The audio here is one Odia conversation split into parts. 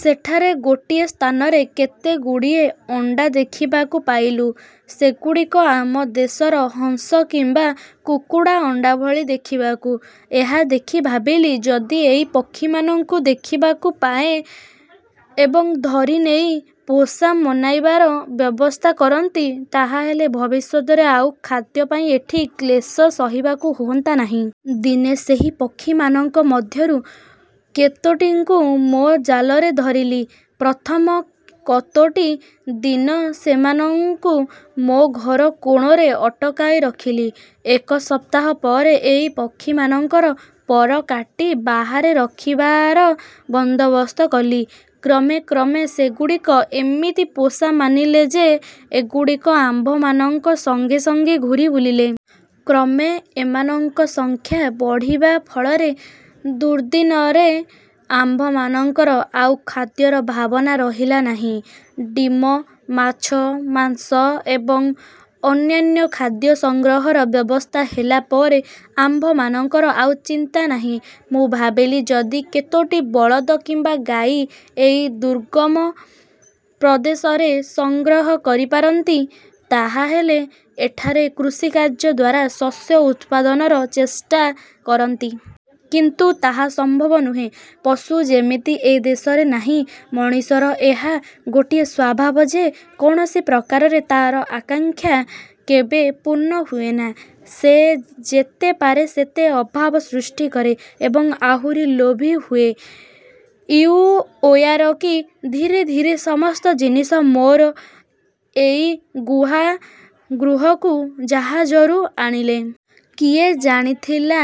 ସେଠାରେ ଗୋଟିଏ ସ୍ଥାନରେ କେତେଗୁଡ଼ିଏ ଅଣ୍ଡା ଦେଖିବାକୁ ପାଇଲୁଁ। ସେଗୁଡ଼ିକ ଆମ ଦେଶର ହଂସ କିମ୍ବା କୁକୁଡ଼ା ଅଣ୍ଡାଭଳି ଦେଖିବାକୁ। ଏହା ଦେଖି ଭାବିଲି, ଯଦି ଏଇ ପକ୍ଷୀମାନଙ୍କୁ ଦେଖିବାକୁ ପାଏଁ ଏବଂ ଧରି ନେଇ ପୋଷା ମନାଇବାର ବ୍ୟବସ୍ଥା କରନ୍ତି, ତାହାହେଲେ ଭବିଷ୍ୟତରେ ଆଉ ଖାଦ୍ୟପାଇଁ ଏଠି କ୍ଳେଶ ସହିବାକୁ ହୁଅନ୍ତା ନାହିଁ। ଦିନେ ସେହି ପକ୍ଷୀମାନଙ୍କ ମଧ୍ୟରୁ କେତୋଟିଙ୍କୁ ମୋ ଜାଲରେ ଧରିଲି। ପ୍ରଥମ କତୋଟି ଦିନ ସେମାନଙ୍କୁ ମୋ ଘର କୋଣରେ ଅଟକାଇ ରଖିଲି। ଏକ ସପ୍ତାହ ପରେ ଏଇ ପକ୍ଷୀମାନଙ୍କର ପର କାଟି ବାହାରେ ରଖିବାର ବନ୍ଦୋବସ୍ତ କଲି। କ୍ରମେ କ୍ରମେ ସେଗୁଡ଼ିକ ଏମିତି ପୋଷା ମାନିଲେ ଯେ, ଏଗୁଡ଼ିକ ଆମ୍ଭମାନଙ୍କ ସଙ୍ଗେ ସଙ୍ଗେ ଘୂରିବୁଲିଲେ। କ୍ରମେ ଏମାନଙ୍କ ସଂଖ୍ୟା ବଢ଼ିବା ଫଳରେ ଦୁର୍ଦ୍ଦିନରେ ଆମ୍ଭମାନଙ୍କର ଆଉ ଖାଦ୍ୟର ଭାବନା ରହିଲା ନାହିଁ। ଡିମ, ମାଛ, ମାଂସ ଏବଂ ଅନ୍ୟାନ୍ୟ ଖାଦ୍ୟ ସଂଗ୍ରହର ବ୍ୟବସ୍ଥା ହେଲା ପରେ ଆମ୍ଭମାନଙ୍କର ଆଉ ଚିନ୍ତା ନାହିଁ। ମୁଁ ଭାବିଲି, ଯଦି କେତୋଟି ବଳଦ କିମ୍ବା ଗାଈ ଏଇ ଦୁର୍ଗମ ପ୍ରଦେଶରେ ସଂଗ୍ରହ କରିପାରନ୍ତି ତାହାହେଲେ ଏଠାରେ କୃଷିକାର୍ଯ୍ୟଦ୍ୱାରା ଶସ୍ୟ ଉତ୍ପାଦନର ଚେଷ୍ଟା କରନ୍ତି। କିନ୍ତୁ। ତାହା ସମ୍ଭବ ନୁହେଁ, ପଶୁ ଯେମିତି ଏ ଦେଶରେ ନାହିଁ। ମଣିଷର ଏହା ଗୋଟିଏ ସ୍ୱଭାବ ଯେ, କୌଣସି ପ୍ରକାରରେ ତା'ର ଆକାଂକ୍ଷା କେବେ ପୂର୍ଣ୍ଣ ହୁଏନା। ସେ ଯେତେ ପାରେ ସେତେ ଅଭାବ ସୃଷ୍ଟି କରେ ଏବଂ ଆହୁରି ଲୋଭୀ ହୁଏ। ଇଉଓୟାରକି ଧୀରେ ଧୀରେ ସମସ୍ତ ଜିନିଷ ମୋର ଏଇ ଗୁହା ଗୃହକୁ ଜାହାଜରୁ ଆଣିଲେ। କିଏ ଜାଣିଥିଲା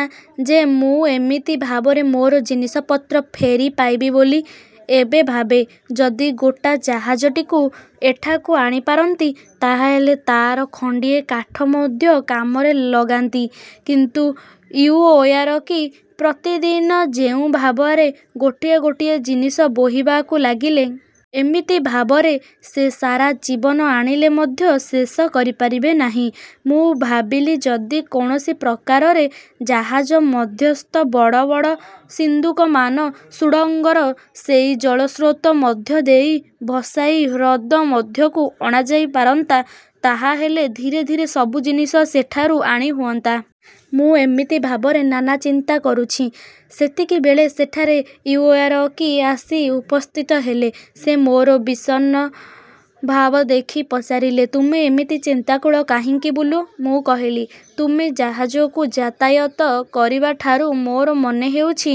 ଯେ ମୁଁ ଏମିତି ଭାବରେ ମୋର ଜିନିଷପତ୍ର ଫେରି ପାଇବି ବୋଲି। ଏବେ ଭାବେ, ଯଦି ଗୋଟା ଜାହାଜଟିକୁ ଏଠାକୁ ଆଣିପାରନ୍ତି, ତାହାହେଲେ ତା'ର ଖଣ୍ଡିଏ କାଠ ମଧ୍ୟ କାମରେ ଲଗାନ୍ତି-। କିନ୍ତୁ ଇଉଓୟାରକି ପ୍ରତିଦିନ ଯେଉଁ ଭାବରେ ଗୋଟିଏ ଗୋଟିଏ ଜିନିଷ ବୋହିବାକୁ ଲାଗିଲେ। ଏମିତି ଭାବରେ ସେ ସାରା ଜୀବନ ଆଣିଲେ ମଧ୍ୟ ଶେଷ କରିପାରିବେ ନାହିଁ। ମୁଁ ଭାବିଲି ଯଦି କୌଣସି ପ୍ରକାରରେ ଜାହାଜ ମଧ୍ୟସ୍ଥ ବଡ଼ ବଡ଼ ସିନ୍ଦୁକମାନ ସୁଡ଼ଙ୍ଗର ସେଇ ଜଳସ୍ରୋତ ମଧ୍ୟ ଦେଇ ଭସାଇ ହ୍ରଦ ମଧ୍ୟକୁ ଅଣାଯାଇ ପାରନ୍ତା, ତାହାହେଲେ ଧୀରେ ଧୀରେ ସବୁ ଜିନିଷ ସେଠାରୁ ଆଣି ହୁଅନ୍ତା। ମୁଁ ଏମିତି ଭାବରେ ନାନା ଚିନ୍ତା କରୁଛି, ସେତିକିବେଳେ ସେଠାରେ ଇଉଓୟାରକି ଆସି ଉପସ୍ଥିତ ହେଲେ। ସେ ମୋର ବିଷଣ୍ଣ ଭାବ ଦେଖି ପଚାରିଲେ, ''ତୁମେ ଏମିତି ଚିନ୍ତାକୁଳ କାହିଁକି ବୁଲୁ? '' ମୁଁ କହିଲି, ''ତୁମେ ଜାହାଜକୁ ଯାତାୟାତ କରିବାଠାରୁ ମୋର ମନେହେଉଛି,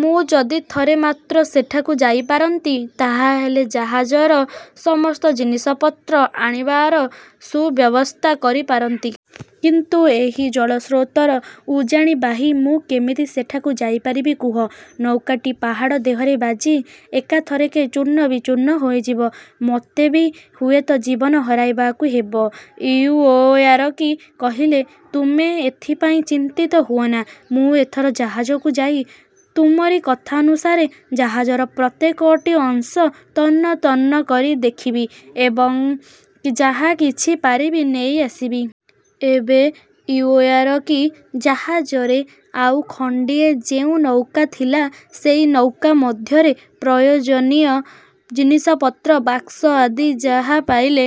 ମୁଁ ଯଦି ଥରେ ମାତ୍ର ସେଠାକୁ ଯାଇପାରନ୍ତି, ତାହାହେଲେ ଜାହାଜର ସମସ୍ତ ଜିନିଷପତ୍ର ଆଣିବାର ସୁବ୍ୟବସ୍ଥା କରିପାରନ୍ତି। କିନ୍ତୁ ଏହି ଜଳସ୍ରୋତର ଉଜାଣି ବାହି ମୁଁ କେମିତି ସେଠାକୁ ଯାଇପାରିବି କୁହ? ନୌକାଟି ପାହାଡ଼ ଦେହରେ ବାଜି ଏକାଥରକେ ଚୂର୍ଣ୍ଣ ବିଚୂର୍ଣ୍ଣ ହୋଇଯିବ। ମୋତେ ବି ହୁଏତ ଜୀବନ ହରାଇବାକୁ ହେବ। ଇଉଓୟାରକି କହିଲେ, ''ତୁମେ ଏଥିପାଇଁ ଚିନ୍ତିତ ହୁଅନା। ମୁଁ ଏଥର ଜାହାଜକୁ ଯାଇ ତୁମରି କଥାନୁସାରେ ଜାହାଜର ପ୍ରତ୍ୟେକଟି ଅଂଶ ତନ୍ନ ତନ୍ନ କରି ଦେଖିବି ଏବଂ ଯାହା କିଛି ପାରିବି ନେଇଆସିବି। ଏବେ ଇଉଓୟାରକି ଜାହାଜରେ ଆଉ ଖଣ୍ଡିଏ ଯେଉଁ ନୌକା ଥିଲା, ସେଇ ନୌକା ମଧ୍ୟରେ ପ୍ରୟୋଜନୀୟ ଜିନିଷପତ୍ର, ବାକ୍ସ ଆଦି ଯାହା ପାଇଲେ